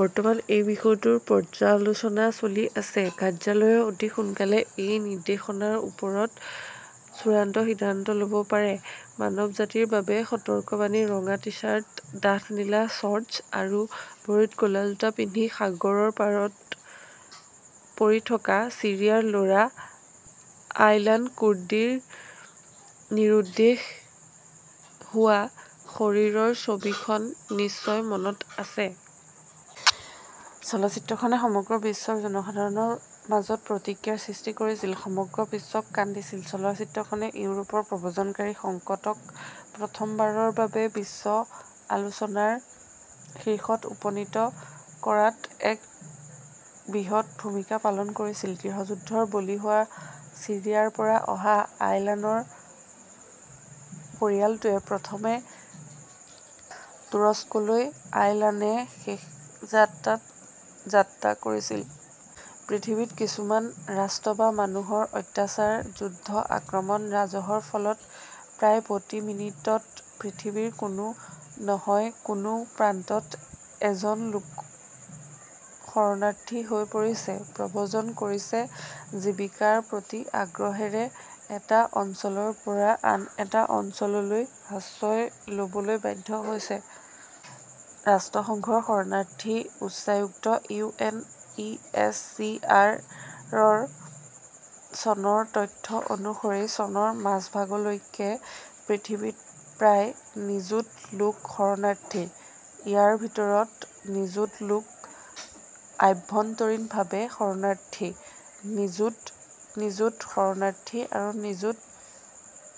বৰ্তমান এই বিষয়টোৰ পৰ্যালোচনা চলি আছে। কাৰ্যালয়ে অতি সোনকালেই এই নিৰ্দেশনাৰ ওপৰত চূড়ান্ত সিদ্ধান্ত লʼব পাৰে। মানৱজাতিৰ বাবে সতৰ্কবাণী ৰঙা টি-চাৰ্ট, ডাঠ নীলা শ্বৰ্টছ আৰু ভৰিত ক 'লা জোতা পিন্ধি সাগৰৰ পাৰত পৰি থকা ছিৰিয়াৰ ল' ৰা আয়লান কুৰ্দিৰ নিৰুদ্দেশ হোৱা শৰীৰৰ ছবিখন নিশ্চয় মনত আছে! চলচ্চিত্ৰখনে সমগ্ৰ বিশ্বৰ জনসাধাৰণৰ মাজত প্ৰতিক্ৰিয়াৰ সৃষ্টি কৰিছিল, সমগ্ৰ বিশ্বক কান্দিছিল। চলচ্চিত্ৰখনে ইউৰোপৰ প্ৰব্ৰজনকাৰী সংকটক প্ৰথমবাৰৰ বাবে বিশ্ব আলোচনাৰ শীৰ্ষত উপনীত কৰাত এক বৃহৎ ভূমিকা পালন কৰিছিল। গৃহযুদ্ধৰ বলি হোৱা ছিৰিয়াৰ পৰা অহা আয়লানৰ পৰিয়ালটোৱে প্ৰথমে তুৰস্কলৈ, আয়লানে শেষ যাত্ৰাত যাত্ৰা কৰিছিল। পৃথিৱীৰ কিছুমান ৰাষ্ট্ৰ বা মানুহৰ অত্যাচাৰ, যুদ্ধ, আক্ৰমণ, ৰাজহৰ ফলত প্ৰায় প্ৰতি মিনিটত পৃথিৱীৰ কোনো নহয় কোনো প্ৰান্তত এজন লোক শৰণাৰ্থী হৈ পৰিছে, প্ৰব্ৰজন কৰিছে, জীৱিকাৰ প্ৰতি আগ্ৰহেৰে এটা অঞ্চলৰ পৰা আন এটা অঞ্চললৈ আশ্ৰয় ল 'বলৈ বাধ্য হৈছে। ৰাষ্ট্ৰসংঘৰ শৰণাৰ্থী উচ্চায়ুক্ত-ইউ. N. E. S. C. R. -ৰ চনৰ তথ্য অনুসৰি, ' চনৰ মাজভাগলৈকে পৃথিৱীত প্ৰায় নিযুত লোক শৰণাৰ্থী। ইয়াৰ ভিতৰত নিযুত লোক আভ্যন্তৰীণভাৱে শৰণাৰ্থী নিযুত, নিযুত শৰণাৰ্থী আৰু নিযুত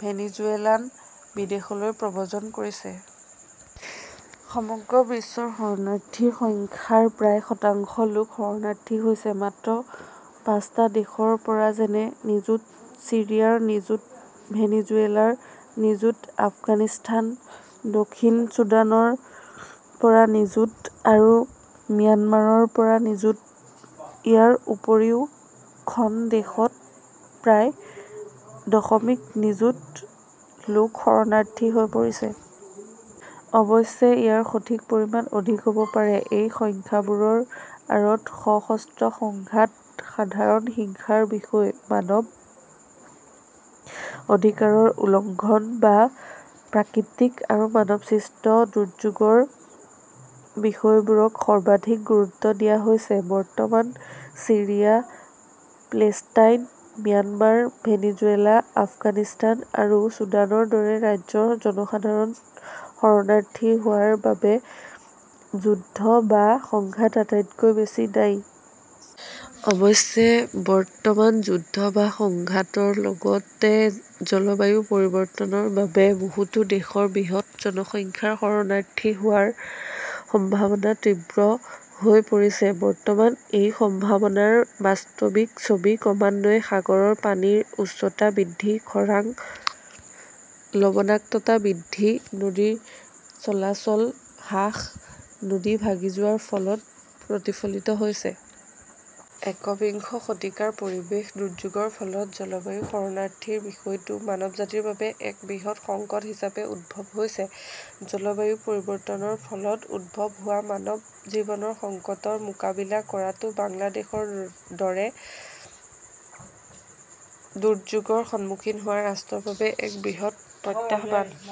ভেনিজুৱেলান বিদেশলৈ প্ৰব্ৰজন কৰিছে। সমগ্ৰ বিশ্বৰ শৰণাৰ্থীৰ সংখ্যাৰ প্ৰায় শতাংশ লোক শৰণাৰ্থী হৈছে, মাত্ৰ পাঁচটা দেশৰ পৰা, যেনে- নিযুত ছিৰিয়াৰ, নিযুত ভেনিজুৱেলাৰ, নিযুত আফগানিস্তান, দক্ষিণ ছুডানৰ পৰা নিযুত আৰু ম্যানমাৰৰ পৰা নিযুত। ইয়াৰ উপৰিও, খন দেশত প্ৰায় দশমিক নিযুত লোক শৰণাৰ্থী হৈ পৰিছে। অৱশ্যে, ইয়াৰ সঠিক পৰিমাণ অধিক হ 'ব পাৰে। এই সংখ্যাবোৰৰ আঁৰত সশস্ত্ৰ সংঘাত, সাধাৰণ হিংসাৰ বিষয়, মানৱ অধিকাৰৰ উলংঘন বা প্ৰাকৃতিক আৰু মানৱসৃষ্ট দুৰ্যোগৰ বিষয়বোৰক সৰ্বাধিক গুৰুত্ব দিয়া হৈছে। বৰ্তমান Syria, Palestine, Myanmar, Venezuela, Afghanistan আৰু ছুডানৰ দৰে ৰাজ্যৰ জনসাধাৰণ শৰণাৰ্থী হোৱাৰ বাবে যুদ্ধ বা সংঘাত আটাইতকৈ বেছি দায়ী। অৱশ্যে, বৰ্তমান যুদ্ধ বা সংঘাতৰ লগতে জলবায়ু পৰিৱৰ্তনৰ বাবে বহুতো দেশৰ বৃহৎ জনসংখ্যাৰ শৰণাৰ্থী হোৱাৰ সম্ভাৱনা তীব্ৰ হৈ পৰিছে। বৰ্তমান এই সম্ভাৱনাৰ বাস্তৱিক ছবি ক্ৰমান্বয়ে সাগৰৰ পানীৰ উচ্চতা বৃদ্ধি, খৰাং, লবণাক্ততা বৃদ্ধি, নদীৰ চলাচল হ্ৰাস, নদী ভাঙি যোৱাৰ ফলত প্ৰতিফলিত হৈছে। একবিংশ শতিকাৰ পৰিৱেশ দুৰ্যোগৰ ফলত জলবায়ু শৰণাৰ্থীৰ বিষয়টো মানৱজাতিৰ বাবে এক বৃহৎ সংকট হিচাপে উদ্ভৱ হৈছে। জলবায়ু পৰিৱৰ্তনৰ ফলত উদ্ভৱ হোৱা মানৱ জীৱনৰ সংকটৰ মোকাবিলা কৰাটো বাংলাদেশৰ দৰে দুৰ্যোগৰ সন্মুখীন হোৱা ৰাষ্ট্ৰৰ বাবে এক বৃহৎ প্ৰত্যাহ্বান